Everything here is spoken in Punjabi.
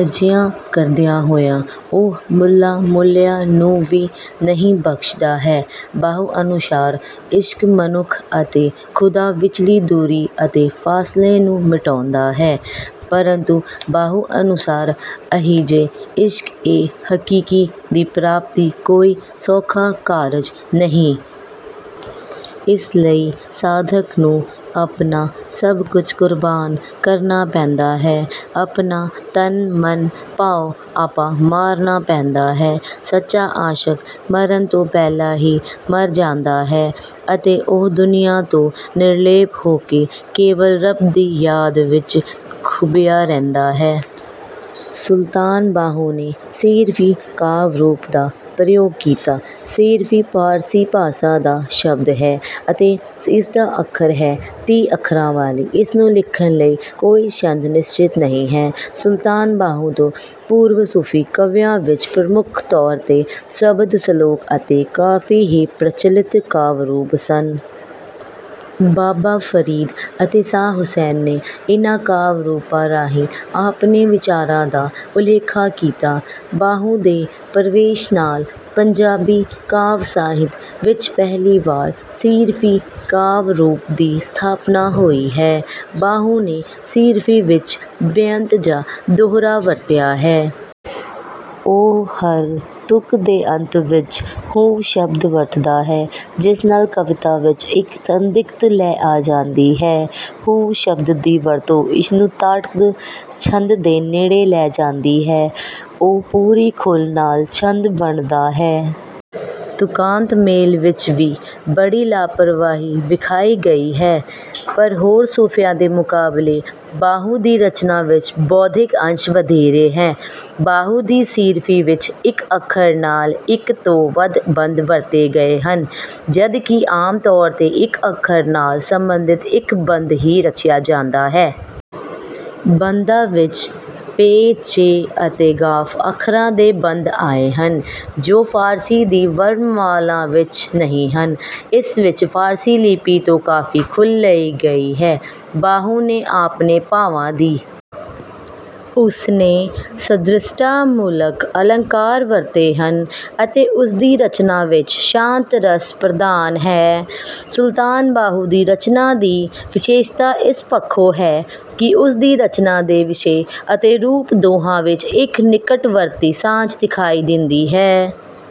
ਅਜਿਹਾ ਕਰਦਿਆਂ ਹੋਇਆ ਉਹ ਮੁੱਲਾ ਮੁਲਇਆ ਨੂੰ ਵੀ ਨਹੀਂ ਬਖਸ਼ਦਾ ਹੈ। ਬਾਹੂ ਅਨੁਸਾਰ ਇਸ਼ਕ ਮਨੁੱਖ ਅਤੇ ਖੁਦਾ ਵਿਚਲੀ ਦੂਰੀ ਅਤੇ ਫਾਸਲੇ ਨੂੰ ਮਿਟਾਉਂਦਾ ਹੈ। ਪਰੰਤੂ ਬਾਹੂ ਅਨੁਸਾਰ ਅਜਿਹੇ ਇਸ਼ਕ-ਏ-ਹਕੀਕੀ ਦੀ ਪ੍ਰਾਪਤੀ ਕੋਈ ਸੌਖਾ ਕਾਰਜ ਨਹੀਂ। ਇਸ ਲਈ ਸਾਧਕ ਨੂੰ ਆਪਣਾ ਸਭ ਕੁਝ ਕੁਰਬਾਨ ਕਰਨਾ ਪੈਂਦਾ ਹੈ, ਆਪਣਾ ਤਨ-ਮਨ ਭਾਵ ਆਪਾ ਮਾਰਨਾ ਪੈਂਦਾ ਹੈ। ਸੱਚਾ ਆਸ਼ਕ ਮਰਨ ਤੋਂ ਪਹਿਲਾਂ ਹੀ ਮਰ ਜਾਂਦਾ ਹੈ ਅਤੇ ਉਹ ਦੁਨੀਆ ਤੋਂ ਨਿਰਲੇਪ ਹੋ ਕੇ ਕੇਵਲ ਰੱਬ ਦੀ ਯਾਦ ਵਿੱਚ ਖੁੱਭਿਆ ਰਹਿੰਦਾ ਹੈ। ਸੁਲਤਾਨ ਬਾਹੂ ਨੇ 'ਸੀਹਰਫ਼ੀ' ਕਾਵਿ-ਰੂਪ ਦਾ ਪ੍ਰਯੋਗ ਕੀਤਾ। 'ਸੀਹਰਫ਼ੀ' ਫ਼ਾਰਸੀ ਭਾਸ਼ਾ ਦਾ ਸ਼ਬਦ ਹੈ ਅਤੇ ਇਸਦਾ ਅਰਥ ਹੈ 'ਤੀਹ ਅੱਖਰਾਂ ਵਾਲੀ'। ਇਸਨੂੰ ਲਿਖਣ ਲਈ ਕੋਈ ਛੰਦ ਨਿਸ਼ਚਿਤ ਨਹੀਂ ਹੈ। ਸੁਲਤਾਨ ਬਾਹੂ ਤੋਂ ਪੂਰਵ ਸੂਫੀ ਕਵੀਆਂ ਵਿੱਚ ਪ੍ਰਮੁੱਖ ਤੌਰ 'ਤੇ ਸ਼ਬਦ, ਸ਼ਲੋਕ ਅਤੇ ਕਾਫ਼ੀ ਹੀ ਪ੍ਰਚਲਿਤ ਕਾਵਿ-ਰੂਪ ਸਨ। ਬਾਬਾ ਫ਼ਰੀਦ ਅਤੇ ਸ਼ਾਹ ਹੁਸੈਨ ਨੇ ਇਨ੍ਹਾਂ ਕਾਵਿ ਰੂਪਾਂ ਰਾਹੀਂ ਆਪਣੇ ਵਿਚਾਰਾਂ ਦਾ ਉਲੇਖਾ ਕੀਤਾ। ਬਾਹੂ ਦੇ ਪ੍ਰਵੇਸ਼ ਨਾਲ ਪੰਜਾਬੀ ਕਾਵਿ ਸਾਹਿਤ ਵਿੱਚ ਪਹਿਲੀ ਵਾਰ 'ਸੀਹਰਫ਼ੀ' ਕਾਵਿ ਰੂਪ ਦੀ ਸਥਾਪਨਾ ਹੋਈ ਹੈ। ਬਾਹੂ ਨੇ 'ਸੀਹਰਫ਼ੀ' ਵਿੱਚ ਬਿਅੰਤ ਜਾਂ ਦੋਹੜਾ ਵਰਤਿਆ ਹੈ। ਉਹ ਹਰ ਤੁਕ ਦੇ ਅੰਤ ਵਿੱਚ 'ਹੂ' ਸ਼ਬਦ ਵਰਤਦਾ ਹੈ, ਜਿਸ ਨਾਲ ਕਵਿਤਾ ਵਿੱਚ ਇੱਕ ਸੰਗੀਤਕ ਲੈ ਆ ਜਾਂਦੀ ਹੈ। 'ਹੂ' ਸ਼ਬਦ ਦੀ ਵਰਤੋਂ ਇਸਨੂੰ 'ਤਾਟਕ' ਛੰਦ ਦੇ ਨੇੜੇ ਲੈ ਜਾਂਦੀ ਹੈ। ਉਹ ਪੂਰੀ ਖੁੱਲ੍ਹ ਨਾਲ ਛੰਦ ਬੰਨ੍ਹਦਾ ਹੈ। ਤੁਕਾਂਤ ਮੇਲ ਵਿੱਚ ਵੀ ਬੜੀ ਲਾਪਰਵਾਹੀ ਵਿਖਾਈ ਗਈ ਹੈ। ਪਰ ਹੋਰ ਸੂਫ਼ੀਆਂ ਦੇ ਮੁਕਾਬਲੇ ਬਾਹੂ ਦੀ ਰਚਨਾ ਵਿੱਚ ਬੌਧਿਕ ਅੰਸ਼ ਵਧੇਰੇ ਹੈ। ਬਾਹੂ ਦੀ 'ਸੀਹਰਫ਼ੀ' ਵਿੱਚ ਇੱਕ ਅੱਖਰ ਨਾਲ ਇੱਕ ਤੋਂ ਵੱਧ ਬੰਦ ਵਰਤੇ ਗਏ ਹਨ, ਜਦ ਕਿ ਆਮ ਤੌਰ 'ਤੇ ਇੱਕ ਅੱਖਰ ਨਾਲ ਸੰਬੰਧਿਤ ਇੱਕ ਬੰਦ ਹੀ ਰਚਿਆ ਜਾਂਦਾ ਹੈ। ਬੰਦਾਂ ਵਿੱਚ 'ਪੇ', 'ਚੇ' ਅਤੇ 'ਗ਼ਾਫ਼' ਅੱਖਰਾਂ ਦੇ ਬੰਦ ਆਏ ਹਨ, ਜੋ ਫ਼ਾਰਸੀ ਦੀ ਵਰਣਮਾਲਾ ਵਿੱਚ ਨਹੀਂ ਹਨ। ਇਸ ਵਿੱਚ ਫ਼ਾਰਸੀ ਲਿਪੀ ਤੋਂ ਕਾਫ਼ੀ ਖੁੱਲ੍ਹ ਲਈ ਗਈ ਹੈ। ਬਾਹੂ ਨੇ ਆਪਣੇ ਭਾਵਾਂ ਦੀ ਉਸਨੇ ਸਦ੍ਰਿਸ਼ਤਾ-ਮੂਲਕ ਅਲੰਕਾਰ ਵਰਤੇ ਹਨ ਅਤੇ ਉਸਦੀ ਰਚਨਾ ਵਿੱਚ ਸ਼ਾਂਤ ਰਸ ਪ੍ਰਧਾਨ ਹੈ। ਸੁਲਤਾਨ ਬਾਹੂ ਦੀ ਰਚਨਾ ਦੀ ਵਿਸ਼ੇਸ਼ਤਾ ਇਸ ਪੱਖੋਂ ਹੈ ਕਿ ਉਸ ਦੀ ਰਚਨਾ ਦੇ ਵਿਸ਼ੇ ਅਤੇ ਰੂਪ ਦੋਹਾਂ ਵਿੱਚ ਇੱਕ ਨਿਕਟਵਰਤੀ ਸਾਂਝ ਦਿਖਾਈ ਦਿੰਦੀ ਹੈ।